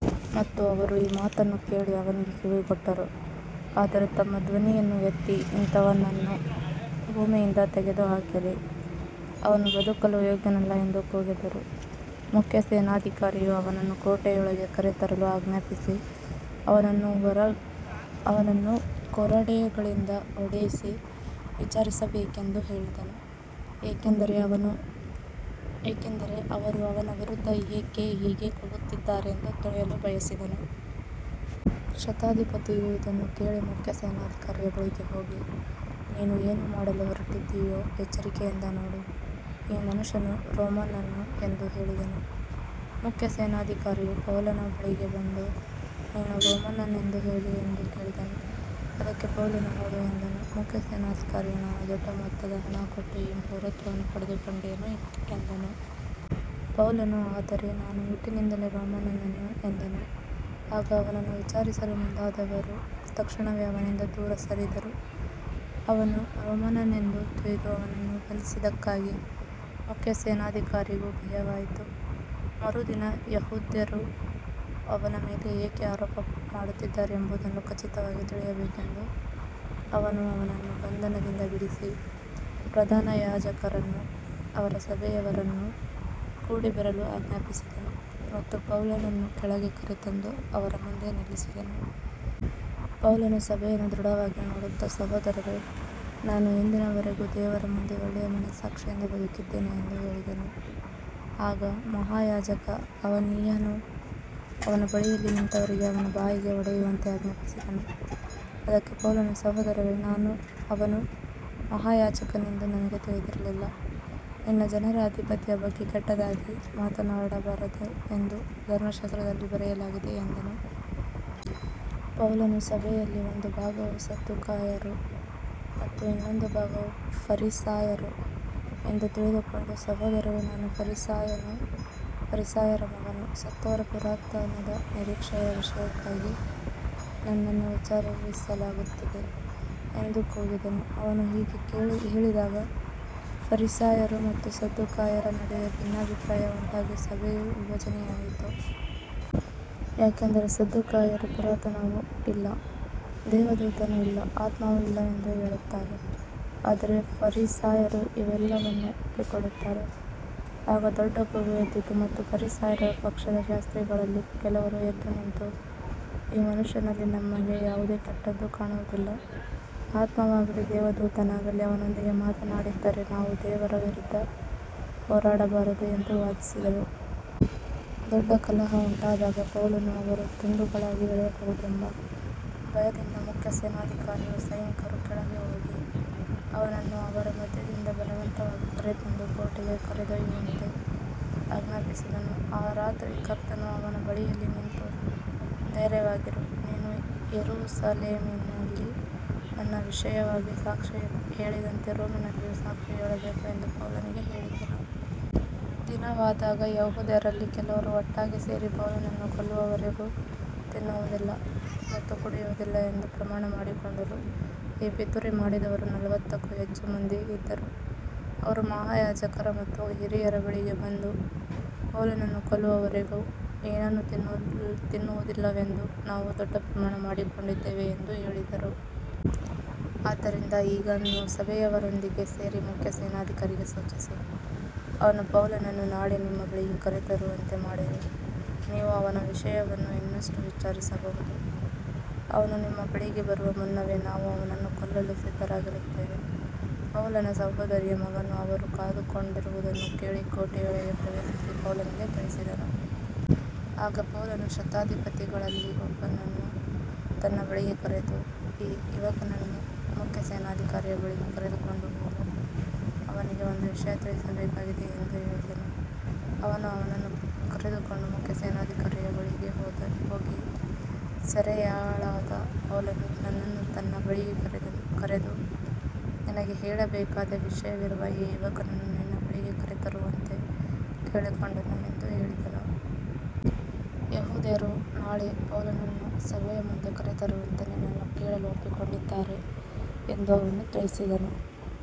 ಮತ್ತು ಅವರು ಈ ಮಾತನ್ನು ಕೇಳಿ ಅವನಿಗೆ ಕಿವಿಗೊಟ್ಟರು, ಆದರೆ ತಮ್ಮ ಧ್ವನಿಯನ್ನು ಎತ್ತಿ ಇಂಥವನನ್ನು ಭೂಮಿಯಿಂದ ತೆಗೆದುಹಾಕಿರಿ, ಅವನು ಬದುಕಲು ಯೋಗ್ಯನಲ್ಲ ಎಂದು ಕೂಗಿದರು. ಮುಖ್ಯ ಸೇನಾಧಿಕಾರಿಯು ಅವನನ್ನು ಕೋಟೆಯೊಳಗೆ ಕರೆತರಲು ಆಜ್ಞಾಪಿಸಿ, ಅವನನ್ನು ಕೊರಡೆಗಳಿಂದ ಹೊಡೆಯಿಸಿ ವಿಚಾರಿಸಬೇಕೆಂದು ಹೇಳಿದನು, ಏಕೆಂದರೆ ಅವರು ಅವನ ವಿರುದ್ಧ ಏಕೆ ಹೀಗೆ ಕೂಗುತ್ತಿದ್ದಾರೆಂದು ತಿಳಿಯಲು ಬಯಸಿದನು. ಶತಾಧಿಪತಿಯು ಇದನ್ನು ಕೇಳಿ ಮುಖ್ಯ ಸೇನಾಧಿಕಾರಿಯ ಬಳಿಗೆ ಹೋಗಿ, ನೀನು ಏನು ಮಾಡಲು ಹೊರಟಿದ್ದೀಯೋ ಎಚ್ಚರಿಕೆಯಿಂದ ನೋಡು, ಈ ಮನುಷ್ಯನು ರೋಮನ್ನನು ಎಂದು ಹೇಳಿದನು. ಮುಖ್ಯ ಸೇನಾಧಿಕಾರಿಯು ಪೌಲನ ಬಳಿಗೆ ಬಂದು, ನೀನು ರೋಮನ್ನನೆಂದು ಹೇಳು ಎಂದು ಕೇಳಿದನು. ಅದಕ್ಕೆ ಪೌಲನು, ಹೌದು ಎಂದನು. ಮುಖ್ಯ ಸೇನಾಧಿಕಾರಿಯು, ನಾನು ದೊಡ್ಡ ಮೊತ್ತದ ಹಣ ಕೊಟ್ಟು ಈ ಪೌರತ್ವವನ್ನು ಪಡೆದುಕೊಂಡೆನು ಎಂದನು. ಪೌಲನು, ಆದರೆ ನಾನು ಹುಟ್ಟಿನಿಂದಲೇ ರೋಮನ್ನನು ಎಂದನು. ಆಗ ಅವನನ್ನು ವಿಚಾರಿಸಲು ಮುಂದಾದವರು ತಕ್ಷಣವೇ ಅವನಿಂದ ದೂರ ಸರಿದರು. ಅವನು ರೋಮನ್ನನೆಂದು ತಿಳಿದು ಅವನನ್ನು ಬಂಧಿಸಿದ್ದಕ್ಕಾಗಿ ಮುಖ್ಯ ಸೇನಾಧಿಕಾರಿಗೂ ಭಯವಾಯಿತು. ಮರುದಿನ ಯೆಹೂದ್ಯರು ಅವನ ಮೇಲೆ ಏಕೆ ಆರೋಪ ಮಾಡುತ್ತಿದ್ದಾರೆಂಬುದನ್ನು ಖಚಿತವಾಗಿ ತಿಳಿಯಬೇಕೆಂದು ಅವನು ಅವನನ್ನು ಬಂಧನದಿಂದ ಬಿಡಿಸಿ, ಪ್ರಧಾನ ಯಾಜಕರನ್ನೂ ಅವರ ಸಭೆಯವರನ್ನೂ ಕೂಡಿಬರಲು ಆಜ್ಞಾಪಿಸಿದನು ಮತ್ತು ಪೌಲನನ್ನು ಕೆಳಗೆ ಕರೆತಂದು ಅವರ ಮುಂದೆ ನಿಲ್ಲಿಸಿದನು. ಪೌಲನು ಸಭೆಯನ್ನು ದೃಢವಾಗಿ ನೋಡುತ್ತಾ, ಸಹೋದರರೇ, ನಾನು ಇಂದಿನವರೆಗೂ ದೇವರ ಮುಂದೆ ಒಳ್ಳೆಯ ಮನಸ್ಸಾಕ್ಷಿಯಿಂದ ಬದುಕಿದ್ದೇನೆ ಎಂದು ಹೇಳಿದನು. ಆಗ ಮಹಾಯಾಜಕ ಅನನೀಯನು ಅವನ ಬಳಿಯಲ್ಲಿ ನಿಂತವರಿಗೆ ಅವನ ಬಾಯಿಗೆ ಹೊಡೆಯುವಂತೆ ಆಜ್ಞಾಪಿಸಿದನು. ಅದಕ್ಕೆ ಪೌಲನು, ಸಹೋದರರೇ, ಅವನು ಮಹಾಯಾಜಕನೆಂದು ನನಗೆ ತಿಳಿದಿರಲಿಲ್ಲ, ನಿನ್ನ ಜನರ ಅಧಿಪತಿಯ ಬಗ್ಗೆ ಕೆಟ್ಟದಾಗಿ ಮಾತನಾಡಬಾರದು ಎಂದು ಧರ್ಮಶಾಸ್ತ್ರದಲ್ಲಿ ಬರೆಯಲಾಗಿದೆ ಎಂದನು. ಪೌಲನು ಸಭೆಯಲ್ಲಿ ಒಂದು ಭಾಗವು ಸದ್ದುಕಾಯರು ಮತ್ತು ಇನ್ನೊಂದು ಭಾಗವು ಫರಿಸಾಯರು ಎಂದು ತಿಳಿದುಕೊಂಡು, ಸಹೋದರರೇ, ನಾನು ಫರಿಸಾಯನು, ಫರಿಸಾಯರ ಮಗನು, ಸತ್ತವರ ಪುನರುತ್ಥಾನದ ನಿರೀಕ್ಷೆಯ ವಿಷಯಕ್ಕಾಗಿ ನನ್ನನ್ನು ವಿಚಾರಿಸಲಾಗುತ್ತಿದೆ ಎಂದು ಕೂಗಿದನು. ಅವನು ಹೀಗೆ ಹೇಳಿದಾಗ ಫರಿಸಾಯರು ಮತ್ತು ಸದ್ದುಕಾಯರ ನಡುವೆ ಭಿನ್ನಾಭಿಪ್ರಾಯ ಉಂಟಾಗಿ ಸಭೆಯು ವಿಭಜನೆಯಾಯಿತು. ಯಾಕಂದರೆ ಸದ್ದುಕಾಯರು ಪುನರುತ್ಥಾನವೂ ಇಲ್ಲ, ದೇವದೂತನೂ ಇಲ್ಲ, ಆತ್ಮವೂ ಇಲ್ಲ ಎಂದು ಹೇಳುತ್ತಾರೆ, ಆದರೆ ಫರಿಸಾಯರು ಇವೆಲ್ಲವನ್ನೂ ಒಪ್ಪಿಕೊಳ್ಳುತ್ತಾರೆ. ಆಗ ದೊಡ್ಡ ಕೂಗು ಎದ್ದಿತು ಮತ್ತು ಫರಿಸಾಯರ ಪಕ್ಷದ ಶಾಸ್ತ್ರಿಗಳಲ್ಲಿ ಕೆಲವರು ಎದ್ದು ನಿಂತು, ಈ ಮನುಷ್ಯನಲ್ಲಿ ನಮಗೆ ಯಾವುದೇ ಕೆಟ್ಟದ್ದೂ ಕಾಣುವುದಿಲ್ಲ, ಆತ್ಮವಾಗಲಿ ದೇವದೂತನಾಗಲಿ ಅವನೊಂದಿಗೆ ಮಾತನಾಡಿದ್ದರೆ ನಾವು ದೇವರ ವಿರುದ್ಧ ಹೋರಾಡಬಾರದು ಎಂದು ವಾದಿಸಿದರು. ದೊಡ್ಡ ಕಲಹ ಉಂಟಾದಾಗ ಪೌಲನನ್ನು ಅವರು ತುಂಡುಗಳಾಗಿ ಎಳೆಯಬಹುದೆಂಬ ಭಯದಿಂದ ಮುಖ್ಯ ಸೇನಾಧಿಕಾರಿಯು ಸೈನಿಕರು ಕೆಳಗೆ ಹೋಗಿ ಅವನನ್ನು ಅವರ ಮಧ್ಯದಿಂದ ಬಲವಂತವಾಗಿ ಕರೆತಂದು ಕೋಟೆಗೆ ಕರೆದೊಯ್ಯುವಂತೆ ಆಜ್ಞಾಪಿಸಿದನು. ಆ ರಾತ್ರಿ ಕರ್ತನು ಅವನ ಬಳಿಯಲ್ಲಿ ನಿಂತು, ಧೈರ್ಯವಾಗಿರು, ನೀನು ಯೆರೂಸಲೇಮಿನಲ್ಲಿ ನನ್ನ ವಿಷಯವಾಗಿ ಸಾಕ್ಷಿ ಹೇಳಿದಂತೆ ರೋಮಿನಲ್ಲಿಯೂ ಸಾಕ್ಷಿ ಹೇಳಬೇಕು ಎಂದು ಪೌಲನಿಗೆ ಹೇಳಿದನು. ದಿನವಾದಾಗ ಯೆಹೂದ್ಯರಲ್ಲಿ ಕೆಲವರು ಒಟ್ಟಾಗಿ ಸೇರಿ, ಪೌಲನನ್ನು ಕೊಲ್ಲುವವರೆಗೂ ತಿನ್ನುವುದಿಲ್ಲ ಮತ್ತು ಕುಡಿಯುವುದಿಲ್ಲ ಎಂದು ಪ್ರಮಾಣ ಮಾಡಿಕೊಂಡರು. ಈ ಪಿತೂರಿ ಮಾಡಿದವರು ನಲವತ್ತಕ್ಕೂ ಹೆಚ್ಚು ಮಂದಿ ಇದ್ದರು. ಅವರು ಮಹಾಯಾಜಕರ ಮತ್ತು ಹಿರಿಯರ ಬಳಿಗೆ ಬಂದು, ಪೌಲನನ್ನು ಕೊಲ್ಲುವವರೆಗೂ ಏನನ್ನೂ ತಿನ್ನುವುದಿಲ್ಲವೆಂದು ನಾವು ದೊಡ್ಡ ಪ್ರಮಾಣ ಮಾಡಿಕೊಂಡಿದ್ದೇವೆ ಎಂದು ಹೇಳಿದರು. ಆದ್ದರಿಂದ ಈಗ ನೀವು ಸಭೆಯವರೊಂದಿಗೆ ಸೇರಿ ಮುಖ್ಯ ಸೇನಾಧಿಕಾರಿಗೆ ಸೂಚಿಸಿ, ಅವನು ಪೌಲನನ್ನು ನಾಳೆ ನಿಮ್ಮ ಬಳಿಗೆ ಕರೆತರುವಂತೆ ಮಾಡಿರಿ, ನೀವು ಅವನ ವಿಷಯವನ್ನು ಇನ್ನಷ್ಟು ವಿಚಾರಿಸಬಹುದು. ಅವನು ನಿಮ್ಮ ಬಳಿಗೆ ಬರುವ ಮುನ್ನವೇ ನಾವು ಅವನನ್ನು ಕೊಲ್ಲಲು ಸಿದ್ಧರಾಗಿರುತ್ತೇವೆ. ಪೌಲನ ಸಹೋದರಿಯ ಮಗನು ಅವರು ಕಾದುಕೊಂಡಿರುವುದನ್ನು ಕೇಳಿ ಕೋಟೆಯೊಳಗೆ ಪ್ರವೇಶಿಸಿ ಪೌಲನಿಗೆ ತಿಳಿಸಿದನು. ಆಗ ಪೌಲನು ಶತಾಧಿಪತಿಗಳಲ್ಲಿ ಒಬ್ಬನನ್ನು ತನ್ನ ಬಳಿಗೆ ಕರೆದು, ಈ ಯುವಕನನ್ನು ಮುಖ್ಯ ಸೇನಾಧಿಕಾರಿಯ ಬಳಿಗೆ ಕರೆದುಕೊಂಡು ಹೋಗು, ಅವನಿಗೆ ಒಂದು ವಿಷಯ ತಿಳಿಸಬೇಕಾಗಿದೆ ಎಂದು ಹೇಳಿದನು. ಅವನು ಅವನನ್ನು ಕರೆದುಕೊಂಡು ಮುಖ್ಯ ಸೇನಾಧಿಕಾರಿಯ ಬಳಿಗೆ ಹೋಗಿ, ಸೆರೆಯಾಳಾದ ಪೌಲನು ನನ್ನನ್ನು ತನ್ನ ಬಳಿಗೆ ಕರೆದು, ನಿನಗೆ ಹೇಳಬೇಕಾದ ವಿಷಯವಿರುವ ಈ ಯುವಕನನ್ನು ನಿನ್ನ ಬಳಿಗೆ ಕರೆತರುವಂತೆ ಕೇಳಿಕೊಂಡನು ಎಂದು ಹೇಳಿದನು. ಯೆಹೂದ್ಯರು ನಾಳೆ ಪೌಲನನ್ನು ಸಭೆಯ ಮುಂದೆ ಕರೆತರುವಂತೆ ನಿನ್ನನ್ನು ಕೇಳಲು ಒಪ್ಪಿಕೊಂಡಿದ್ದಾರೆ ಎಂದು ಅವನು ತಿಳಿಸಿದನು.